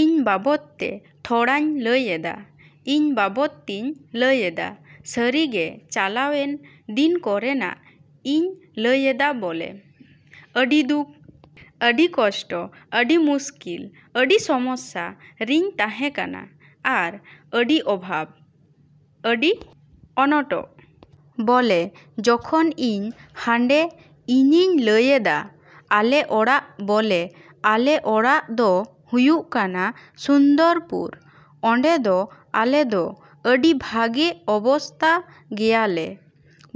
ᱤᱧ ᱵᱟᱵᱚᱫ ᱛᱮ ᱛᱷᱚᱲᱟᱧ ᱞᱟᱹᱭᱮᱫᱟ᱾ ᱤᱧ ᱵᱟᱵᱚᱫ ᱛᱤᱧ ᱞᱟᱹᱭᱮᱫᱟ ᱥᱟᱹᱨᱤ ᱜᱮ ᱪᱟᱞᱟᱣᱮᱱ ᱫᱤᱱ ᱠᱚᱨᱮᱱᱟᱜ ᱤᱧ ᱞᱟᱹᱭᱮᱫᱟ ᱵᱚᱞᱮ, ᱟᱹᱰᱤ ᱫᱩᱠ, ᱟᱹᱰᱤ ᱠᱚᱥᱴᱚ, ᱟᱹᱰᱤ ᱢᱩᱥᱠᱤᱞ, ᱟᱹᱰᱤ ᱥᱚᱢᱚᱥᱥᱟ ᱨᱮᱧ ᱛᱟᱦᱮᱸ ᱠᱟᱱᱟ᱾ ᱟᱨ ᱟᱹᱰᱤ ᱚᱵᱷᱟᱵ, ᱟᱹᱰᱤ ᱚᱱᱚᱴᱚᱱ᱾ ᱵᱚᱞᱮ ᱡᱚᱠᱷᱚᱱ ᱤᱧ ᱦᱟᱸᱰᱮ ᱤᱧᱤᱧ ᱞᱟᱹᱭᱮᱫᱟ ᱟᱞᱮ ᱚᱲᱟᱜ ᱵᱚᱞᱮ ᱟᱞᱮ ᱚᱲᱟᱜ ᱫᱚ ᱦᱩᱭᱩᱜ ᱠᱟᱱᱟ ᱥᱩᱱᱫᱚᱨᱯᱩᱨ᱾ ᱚᱸᱰᱮ ᱫᱚ ᱟᱞᱮ ᱫᱚ ᱟᱹᱰᱤ ᱵᱷᱟᱜᱮ ᱚᱵᱚᱥᱛᱟ ᱜᱮᱭᱟᱞᱮ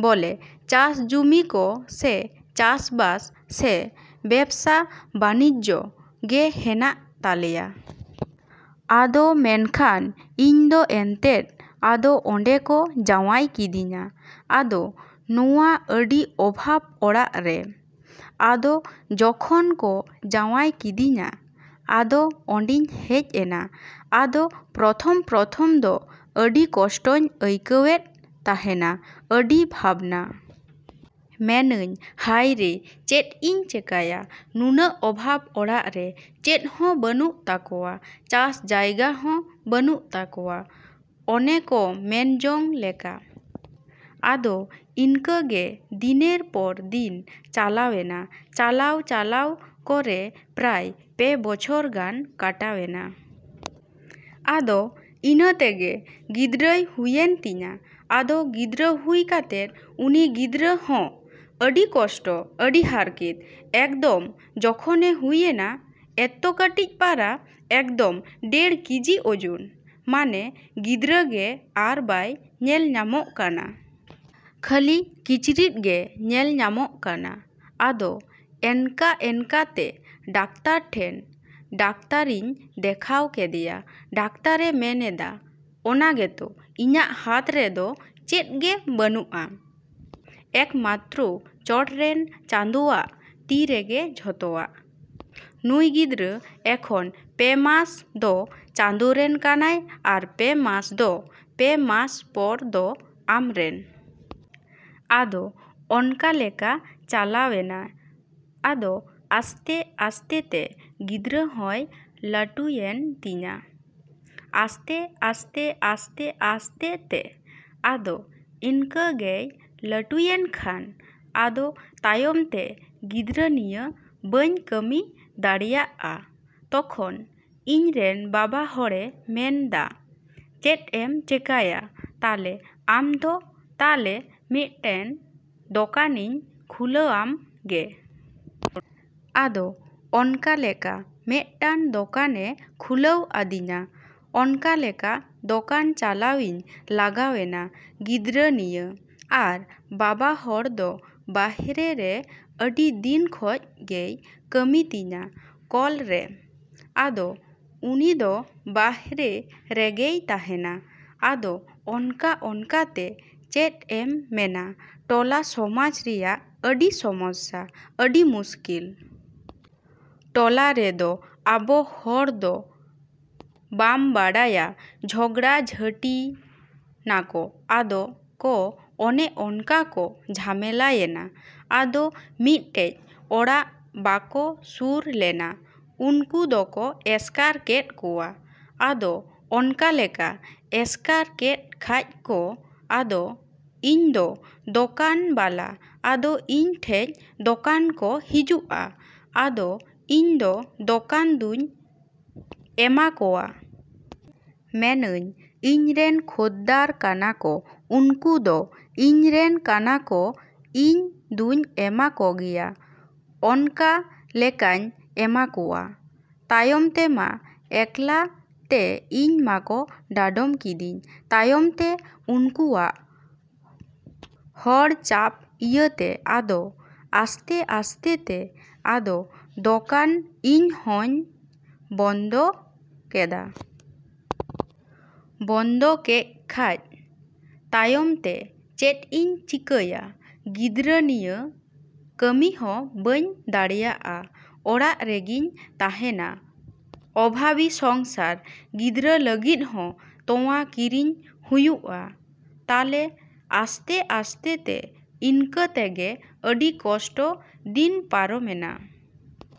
ᱵᱚᱞᱮ ᱪᱟᱥ ᱡᱩᱢᱤ ᱠᱚ ᱥᱮ ᱪᱟᱥᱵᱟᱥ ᱥᱮ ᱵᱮᱵᱥᱟ ᱵᱟᱱᱱᱤᱡᱡᱚ ᱜᱮ ᱦᱮᱱᱟᱜ ᱛᱟᱞᱮᱭᱟ᱾ ᱟᱫᱚ ᱢᱮᱱᱠᱷᱟᱱ ᱤᱧ ᱫᱚ ᱮᱱᱛᱮᱫ ᱟᱫᱚ ᱱᱚᱸᱰᱮ ᱠᱚ ᱡᱟᱸᱣᱟᱭ ᱠᱤᱫᱤᱧᱟ᱾ ᱟᱫᱚ ᱱᱚᱶᱟ ᱟᱹᱰᱤ ᱚᱵᱷᱟᱵ ᱚᱲᱟᱜ ᱨᱮ᱾ ᱟᱫᱚ ᱡᱚᱠᱷᱚᱱ ᱠᱚ ᱡᱟᱶᱟᱭ ᱠᱤᱫᱤᱧᱟ, ᱟᱫᱚ ᱱᱚᱸᱰᱮᱧ ᱦᱮᱡ ᱮᱱᱟ᱾ ᱟᱫᱚ ᱯᱨᱚᱛᱷᱚᱢᱼᱯᱨᱚᱛᱷᱚᱢ ᱫᱚ ᱟᱹᱰᱤ ᱠᱚᱥᱴᱚᱧ ᱟᱹᱭᱠᱟᱹᱣᱮᱫ ᱛᱟᱦᱮᱱᱟ, ᱟᱹᱰᱤ ᱵᱷᱟᱵᱱᱟ᱾ ᱢᱮᱱᱟᱹᱧ ᱦᱟᱭᱨᱮ ᱪᱮᱫ ᱤᱧ ᱪᱮᱠᱟᱭᱟ, ᱱᱩᱱᱟᱹᱜ ᱚᱵᱷᱟᱵ ᱚᱲᱟᱜ ᱨᱮ ᱪᱮᱫ ᱦᱚᱸ ᱵᱟᱹᱱᱩᱜ ᱛᱟᱠᱚᱣᱟ᱾ ᱪᱟᱥ ᱡᱟᱭᱜᱟ ᱦᱚᱸ ᱵᱟᱹᱱᱩᱜ ᱛᱟᱠᱚᱣᱟ ᱚᱱᱮ ᱠᱚ ᱢᱮᱱ ᱡᱚᱝ ᱞᱮᱠᱟ᱾ ᱟᱫᱚ ᱤᱱᱠᱟᱹ ᱜᱮ ᱫᱤᱱᱮᱨ ᱯᱚᱨ ᱫᱤᱱ ᱪᱟᱞᱟᱣᱮᱱᱟ, ᱪᱟᱞᱟᱣᱼᱪᱟᱞᱟᱣ ᱠᱚᱨᱮ ᱯᱨᱟᱭ ᱯᱮ ᱵᱚᱪᱷᱚᱨ ᱜᱟᱱ ᱠᱟᱴᱟᱣᱮᱱᱟ᱾ ᱟᱫᱚ ᱤᱱᱟᱹ ᱛᱮᱜᱮ ᱜᱤᱫᱽᱨᱟᱹᱭ ᱦᱩᱭᱮᱱ ᱛᱤᱧᱟ᱾ ᱟᱫᱚ ᱜᱤᱫᱽᱨᱟᱹ ᱦᱩᱭ ᱠᱟᱛᱮ ᱩᱱᱤ ᱜᱤᱫᱽᱨᱟᱹ ᱦᱚᱸ ᱟᱹᱰᱤ ᱠᱚᱥᱴᱚ, ᱟᱹᱰᱤ ᱦᱟᱨᱠᱮᱛ᱾ ᱮᱠᱫᱚᱢ ᱡᱚᱠᱷᱚᱱᱮ ᱦᱩᱭᱮᱱᱟ ᱮᱛᱚ ᱠᱟᱹᱴᱤᱡ ᱯᱟᱨᱟ, ᱮᱠᱫᱚᱢ ᱰᱮᱲ ᱠᱮᱡᱤ ᱳᱡᱚᱱ, ᱢᱟᱱᱮ ᱜᱤᱫᱽᱨᱟᱹ ᱜᱮ ᱟᱨ ᱵᱟᱭ ᱧᱮᱞ ᱧᱟᱢᱚᱜ ᱠᱟᱱᱟ᱾ ᱠᱷᱟᱹᱞᱤ ᱠᱤᱪᱨᱤᱡ ᱜᱮ ᱧᱮᱞ ᱧᱟᱢᱚᱜ ᱠᱟᱱᱟ᱾ ᱟᱫᱚ ᱮᱱᱠᱟᱼᱮᱱᱠᱟ ᱛᱮ ᱰᱟᱠᱛᱟᱨ ᱴᱷᱮᱱ, ᱰᱟᱠᱛᱟᱨᱤᱧ ᱫᱮᱠᱷᱟᱣ ᱠᱮᱫᱮᱭᱟ᱾ ᱰᱟᱠᱛᱟᱨᱮ ᱢᱮᱱᱫᱟ, ᱚᱱᱟ ᱜᱮᱛᱚ ᱤᱧᱟᱹᱜ ᱦᱟᱛ ᱨᱮᱫᱚ ᱪᱮᱫ ᱜᱮ ᱵᱟᱱᱩᱜᱼᱟ, ᱮᱠᱢᱟᱛᱨᱚ ᱪᱚᱴᱨᱮᱱ ᱪᱟᱸᱫᱚᱣᱟᱜ ᱛᱤ ᱨᱮᱜᱮ ᱡᱚᱛᱚᱣᱟᱜ᱾ ᱱᱩᱭ ᱜᱤᱫᱽᱨᱟᱹ ᱮᱠᱷᱚᱱ ᱯᱮ ᱢᱟᱥ ᱫᱚ ᱪᱟᱸᱫᱚ ᱨᱮᱱ ᱠᱟᱱᱟᱭ ᱟᱨ ᱯᱮ ᱢᱟᱥ ᱫᱚ, ᱯᱮ ᱢᱟᱥ ᱯᱚᱨ ᱫᱚ ᱟᱢ ᱨᱮᱱ᱾ ᱟᱫᱚ ᱚᱱᱠᱟ ᱞᱮᱠᱟ ᱪᱟᱞᱟᱣᱮᱱᱟ᱾ ᱟᱫᱚ ᱟᱥᱛᱮᱼᱟᱥᱛᱮ ᱛᱮ ᱜᱤᱫᱽᱨᱟᱹ ᱦᱚᱸᱭ ᱞᱟᱴᱩᱭᱮᱱ ᱛᱤᱧᱟ᱾ ᱟᱥᱛᱮᱼᱟᱥᱛᱮᱼᱟᱥᱛᱮᱼᱟᱥᱛᱮ ᱛᱮ ᱟᱫᱚ ᱤᱱᱠᱟ ᱜᱮᱭ ᱞᱟᱴᱩᱭᱮᱱ ᱠᱷᱟᱱ ᱟᱫᱚ ᱛᱟᱭᱚᱢ ᱛᱮ ᱜᱤᱫᱽᱨᱟᱹ ᱱᱤᱭᱟᱹ ᱵᱟᱹᱧ ᱠᱟᱹᱢᱤ ᱫᱟᱲᱮᱭᱟᱜᱼᱟ ᱛᱚᱠᱷᱚᱱ ᱤᱧ ᱨᱮᱱ ᱵᱟᱵᱟ ᱦᱚᱲᱮ ᱢᱮᱱᱫᱟ ᱪᱮᱫ ᱮᱢ ᱪᱮᱠᱟᱭᱟ ᱛᱟᱞᱮ ᱟᱢᱫᱚ ᱛᱟᱞᱮ ᱢᱤᱫᱴᱮᱱ ᱫᱚᱠᱟᱱᱤᱧ ᱠᱷᱩᱞᱟᱹᱣᱟᱢ ᱜᱮ᱾ ᱟᱫᱚ ᱚᱱᱠᱟᱞᱮᱠᱟ ᱢᱤᱫᱴᱮᱡ ᱫᱚᱠᱟᱱᱮᱭ ᱠᱷᱩᱞᱟᱹᱣ ᱟᱹᱫᱤᱧᱟ᱾ ᱚᱱᱠᱟᱞᱮᱠᱟ ᱫᱚᱠᱟᱱ ᱪᱟᱞᱟᱣᱤᱧ ᱞᱟᱜᱟᱣᱮᱱᱟ ᱜᱤᱫᱽᱨᱟᱹ ᱱᱤᱭᱮ᱾ ᱟᱨ ᱵᱟᱵᱟ ᱦᱚᱲ ᱫᱚ ᱵᱟᱨᱦᱮ ᱨᱮ ᱟᱹᱰᱤ ᱫᱤᱱ ᱠᱷᱚᱡ ᱜᱮᱭ ᱠᱟᱹᱢᱤ ᱛᱤᱧᱟ ᱠᱚᱞ ᱨᱮ᱾ ᱟᱫᱚ ᱩᱱᱤᱫᱚ ᱵᱟᱨᱦᱮ ᱨᱮᱜᱮᱭ ᱛᱟᱦᱮᱸᱱᱟ᱾ ᱟᱫᱚ ᱚᱱᱠᱟᱼᱚᱱᱠᱟ ᱛᱮ ᱪᱮᱫ ᱮᱢ ᱢᱮᱱᱟ ᱴᱚᱞᱟ ᱥᱚᱢᱟᱡᱽ ᱨᱮᱭᱟᱜ ᱟᱹᱰᱤ ᱥᱚᱢᱚᱥᱥᱟ, ᱟᱹᱰᱤ ᱢᱩᱥᱠᱤᱞ᱾ ᱴᱚᱞᱟ ᱨᱮᱫᱚ ᱟᱵᱚ ᱦᱚᱲ ᱫᱚ ᱵᱟᱢ ᱵᱟᱲᱟᱭᱟ ᱡᱷᱚᱜᱽᱲᱟ ᱡᱷᱟᱹᱴᱤᱭ ᱱᱟᱠᱚ ᱟᱫᱚ ᱠᱚ ᱚᱱᱮ ᱚᱱᱠᱟ ᱠᱚ ᱡᱷᱟᱢᱮᱞᱟᱭᱮᱱᱟ᱾ ᱟᱫᱚ ᱢᱤᱫᱴᱮᱡ ᱚᱲᱟᱜ ᱵᱟᱠᱚ ᱥᱩᱨ ᱞᱮᱱᱟ ᱩᱱᱠᱩ ᱫᱚᱠᱚ ᱮᱥᱠᱟᱨ ᱠᱮᱫ ᱠᱚᱣᱟ᱾ ᱟᱫᱚ ᱚᱱᱠᱟᱞᱮᱠᱟ ᱮᱥᱠᱟᱨ ᱠᱮᱫ ᱠᱷᱟᱡ ᱠᱚ ᱟᱫᱚ ᱤᱧᱫᱚ ᱫᱚᱠᱟᱱ ᱵᱟᱞᱟ, ᱟᱫᱚ ᱤᱧ ᱴᱷᱮᱡ ᱫᱚᱠᱟᱱ ᱠᱚ ᱦᱤᱡᱩᱜᱼᱟ, ᱟᱫᱚ ᱤᱧ ᱫᱚ ᱫᱚᱠᱟᱱ ᱫᱚᱧ ᱮᱢᱟ ᱠᱚᱣᱟ᱾ ᱢᱮᱱᱟᱹᱧ ᱤᱧ ᱨᱮᱱ ᱠᱷᱚᱫᱽᱫᱟᱨ ᱠᱟᱱᱟ ᱠᱚ ᱩᱱᱠᱩ ᱫᱚ ᱤᱧ ᱨᱮᱱ ᱠᱟᱱᱟ ᱠᱚ ᱤᱧ ᱫᱩᱧ ᱮᱢᱟ ᱠᱚᱜᱮᱭᱟ᱾ ᱚᱱᱠᱟ ᱞᱮᱠᱟᱧ ᱮᱢᱟ ᱠᱚᱣᱟ᱾ ᱛᱟᱭᱚᱢ ᱛᱮᱢᱟ ᱮᱠᱟᱞ ᱛᱮ ᱤᱧ ᱢᱟᱠᱚ ᱰᱟᱸᱰᱚᱢ ᱠᱤᱫᱤᱧ᱾ ᱛᱟᱭᱚᱢ ᱛᱮ ᱩᱱᱠᱩᱣᱟᱜ ᱦᱚᱲ ᱪᱟᱯ ᱤᱭᱟᱹᱛᱮ ᱟᱫᱚ ᱟᱥᱛᱮᱼᱟᱥᱛᱮ ᱛᱮ ᱟᱫᱚ ᱫᱚᱠᱟᱱ ᱤᱧᱦᱚᱸᱧ ᱵᱚᱱᱫᱚ ᱠᱮᱫᱟ᱾ ᱵᱚᱱᱫᱚ ᱠᱮᱫ ᱠᱷᱟᱡ ᱛᱟᱭᱚᱢ ᱛᱮ ᱪᱮᱫ ᱤᱧ ᱪᱤᱠᱟᱹᱭᱟ ᱜᱤᱫᱽᱨᱟᱹ ᱱᱤᱭᱮ ᱠᱟᱹᱢᱤ ᱦᱚᱸ ᱵᱟᱹᱧ ᱫᱟᱲᱮᱭᱟᱜᱼᱟ᱾ ᱚᱲᱟᱜ ᱨᱮᱜᱮᱧ ᱛᱟᱦᱮᱸᱱᱟ ᱚᱵᱷᱟᱵᱤ ᱥᱚᱝᱥᱟᱨ, ᱜᱤᱫᱽᱨᱟᱹ ᱞᱟᱹᱜᱤᱫ ᱦᱚᱸ ᱛᱚᱣᱟ ᱠᱤᱨᱤᱧ ᱦᱩᱭᱩᱜᱼᱟ᱾ ᱛᱟᱞᱮ ᱟᱥᱛᱮᱼᱟᱥᱛᱮ ᱛᱮ ᱤᱱᱠᱟᱹ ᱛᱮᱜᱮ ᱟᱹᱰᱤ ᱠᱚᱥᱴᱚ ᱫᱤᱱ ᱯᱟᱨᱚᱢᱮᱱᱟ᱾